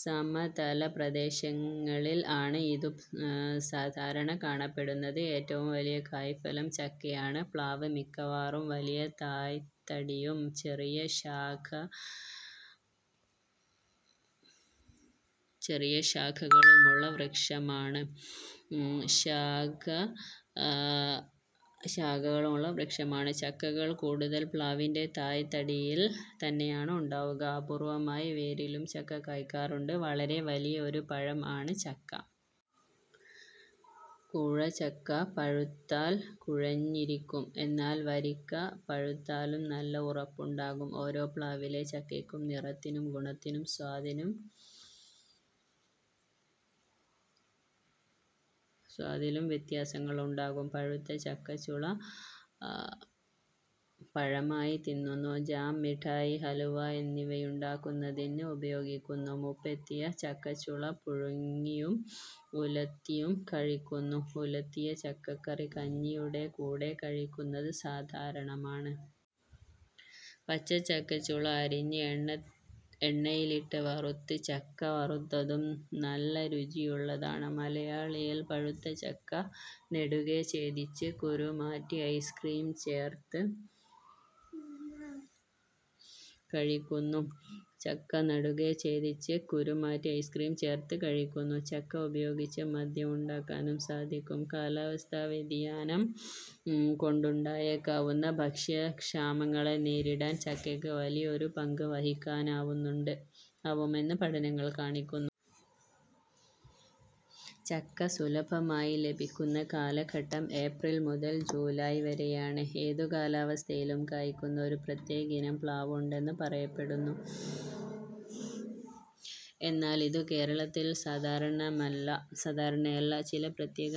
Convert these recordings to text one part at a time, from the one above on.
സമതല പ്രദേശങ്ങളിൽ ആണ് ഇതു സാധാരണ കാണപ്പെടുന്നത്. ഏറ്റവും വലിയ കായ്ഫലം ചക്കയാണ്. പ്ലാവ് മിക്കവാറും വലിയ തായ്ത്തടിയും ചെറിയ ശാഖകളുമുള്ള വൃക്ഷമാണ്. ചക്കകൾ കൂടുതലും പ്ലാവിന്റെ തായ്തടിയിൽ തന്നെയാണ് ഉണ്ടാവുക. അപൂർവ്വമായി വേരിലും ചക്ക കായ്ക്കാറുണ്ട്. വളരെ വലിയ ഒരു പഴം ആണ് ചക്ക. കൂഴ ചക്ക പഴുത്താൽ കുഴഞ്ഞിരിക്കും. എന്നാൽ വരിക്ക പഴുത്താലും നല്ല ഉറപ്പുണ്ടാകും. ഓരോ പ്ലാവിലെ ചക്കയ്ക്കും നിറത്തിലും ഗുണത്തിലും സ്വാദിലും വ്യത്യാസങ്ങൾ ഉണ്ടാകും. പഴുത്ത ചക്കച്ചുള പഴമായി തിന്നുന്നു. ജാം, മിഠായി, ഹലുവ എന്നിവയുണ്ടാക്കുന്നതിന് ഉപയോഗിക്കുന്നു. മൂപ്പെത്തിയ ചക്കച്ചുള പുഴുങ്ങിയും ഉലത്തിയും കഴിക്കുന്നു. ഉലത്തിയ ചക്കക്കറി കഞ്ഞിയുടെ കൂടെ കഴിക്കുന്നത് സാധാരണമാണ്. പച്ച ചക്കച്ചുള അരിഞ്ഞ് എണ്ണയിലിട്ട് വറുത്ത് ചക്കവറുത്തതും നല്ല രുചിയുള്ളതാണ്. മലയായിൽ പഴുത്ത ചക്ക നെടുകെ ഛേദിച്ച് കുരുമാറ്റി ഐസ്ക്രീം ചേർത്ത് കഴിക്കുന്നു. ചക്ക ഉപയോഗിച്ച് മദ്യം ഉണ്ടാക്കാനും സാധിക്കും. കാലാവസ്ഥാ വ്യതിയാനം കൊണ്ടുണ്ടായേക്കാവുന്ന ഭക്ഷ്യക്ഷാമങ്ങളെ നേരിടാൻ ചക്കയ്ക്ക് വലിയ ഒരു പങ്ക് വഹിക്കാനാവുമെന്ന് പഠനങ്ങൾ കാണിക്കുന്നു. ചക്ക സുലഭമായി ലഭിക്കുന്ന കാലഘട്ടം ഏപ്രിൽ മുതൽ ജൂലായ് വരെയാണ്. ഏതു കാലാവസ്ഥയിലും കായ്ക്കുന്ന ഒരു പ്രത്യേക ഇനം പ്ലാവ് ഉണ്ടെന്നു പറയപ്പെടുന്നു. എന്നാൽ ഇതു കേരളത്തിൽ സാധാരണയല്ല. ചില പ്രത്യേക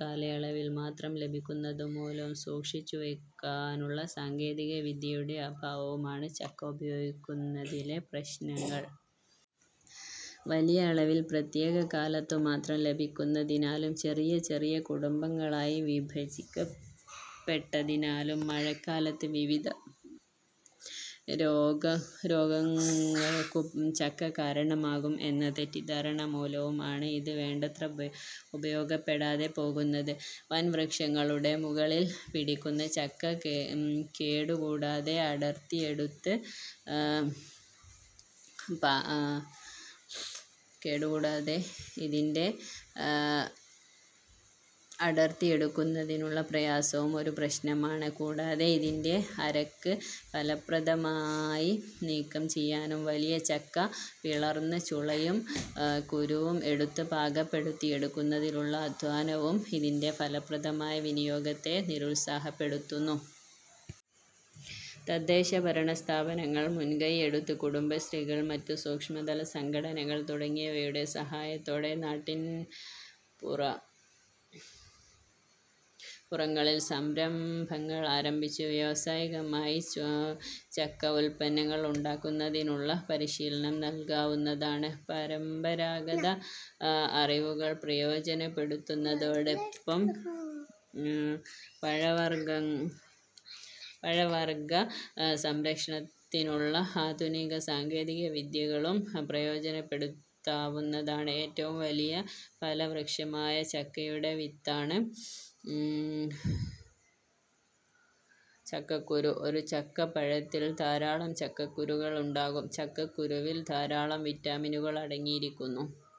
കാലയളവിൽ മാത്രം ലഭിക്കുന്നതു മുലവും സൂക്ഷിച്ചു വെയ്ക്കാനുള്ള സാങ്കേതിക വിദ്യയുടെ അഭാവവും ആണ് ചക്ക ഉപയോഗിക്കുന്നതിലെ പ്രശ്നങ്ങൾ. വലിയ അളവിൽ പ്രത്യേക കാലത്തു മാത്രം ലഭിക്കുന്നതിനാലും, ചെറിയ ചെറിയ കുടുംബങ്ങളായി വിഭജിക്കപ്പെട്ടതിനാലും, മഴക്കാലത്തു വിവിധ രോഗങ്ങൾക്കു ചക്ക കാരണമാകും എന്ന തെറ്റിദ്ധാരണ മൂലവും ആണ് ഇത് വേണ്ടത്ര ഉപയോഗിക്കപ്പെടാതെ പോകുന്നത്. വൻ വൃക്ഷങ്ങളുടെ മുകളിൽ പിടിക്കുന്ന ചക്ക കേടു കൂടാതെ അടർത്തി എടുക്കുന്നതിനുള്ള പ്രയാസവും ഒരു പ്രശ്നമാണ് കൂടാതെ ഇതിന്റെ അരക്ക് ഫലപ്രദമായി നീക്കം ചെയ്യാനും വലിയ ചക്ക പിളർന്നു ചുളയും കുരുവും എടുത്ത് പാകപ്പെടുത്തി എടുക്കുന്നതിലുള്ള അധ്വാനവും ഇതിന്റെ ഫലപ്രദമായ വിനിയോഗത്തെ നിരുത്സാഹപ്പെടുത്തുന്നു. തദ്ദേശ ഭരണ സ്ഥാപനങ്ങൾ മുൻകൈ എടുത്ത് കുടുംബശ്രീകൾ, മറ്റു സൂക്ഷ്മതല സംഘടനകൾ തുടങ്ങിയവയുടെ സഹായത്തോടെ നാട്ടിൻ പുറങ്ങളിൽ സംരംഭങ്ങൾ ആരംഭിച്ചു വ്യാവസായികമായി ചക്കഉല്പന്നങ്ങൾ ഉണ്ടാക്കുന്നതിനുള്ള പരിശീലനം നല്കാവുന്നതാണ്. പരമ്പരാഗത അറിവുകൾ പ്രയോജനപ്പെടുത്തുന്നതോടൊപ്പം പഴവർഗ്ഗ സംരക്ഷണത്തിനുള്ള ആധുനിക സാങ്കേതിക വിദ്യകളും പ്രയോജനപ്പെടുത്താവുന്നതാണ്. ഏറ്റവും വലിയ ഫലവൃക്ഷമായ ചക്കയുടെ വിത്താണ് ചക്കക്കുരു. ഒരു ചക്കപ്പഴത്തിൽ ധാരാളം ചക്കകുരുക്കൾ ഉണ്ടാകും. ചക്കക്കുരുവിൽ ധാരാളം വിറ്റാമിനുകൾ അടങ്ങിയിരിക്കുന്നു.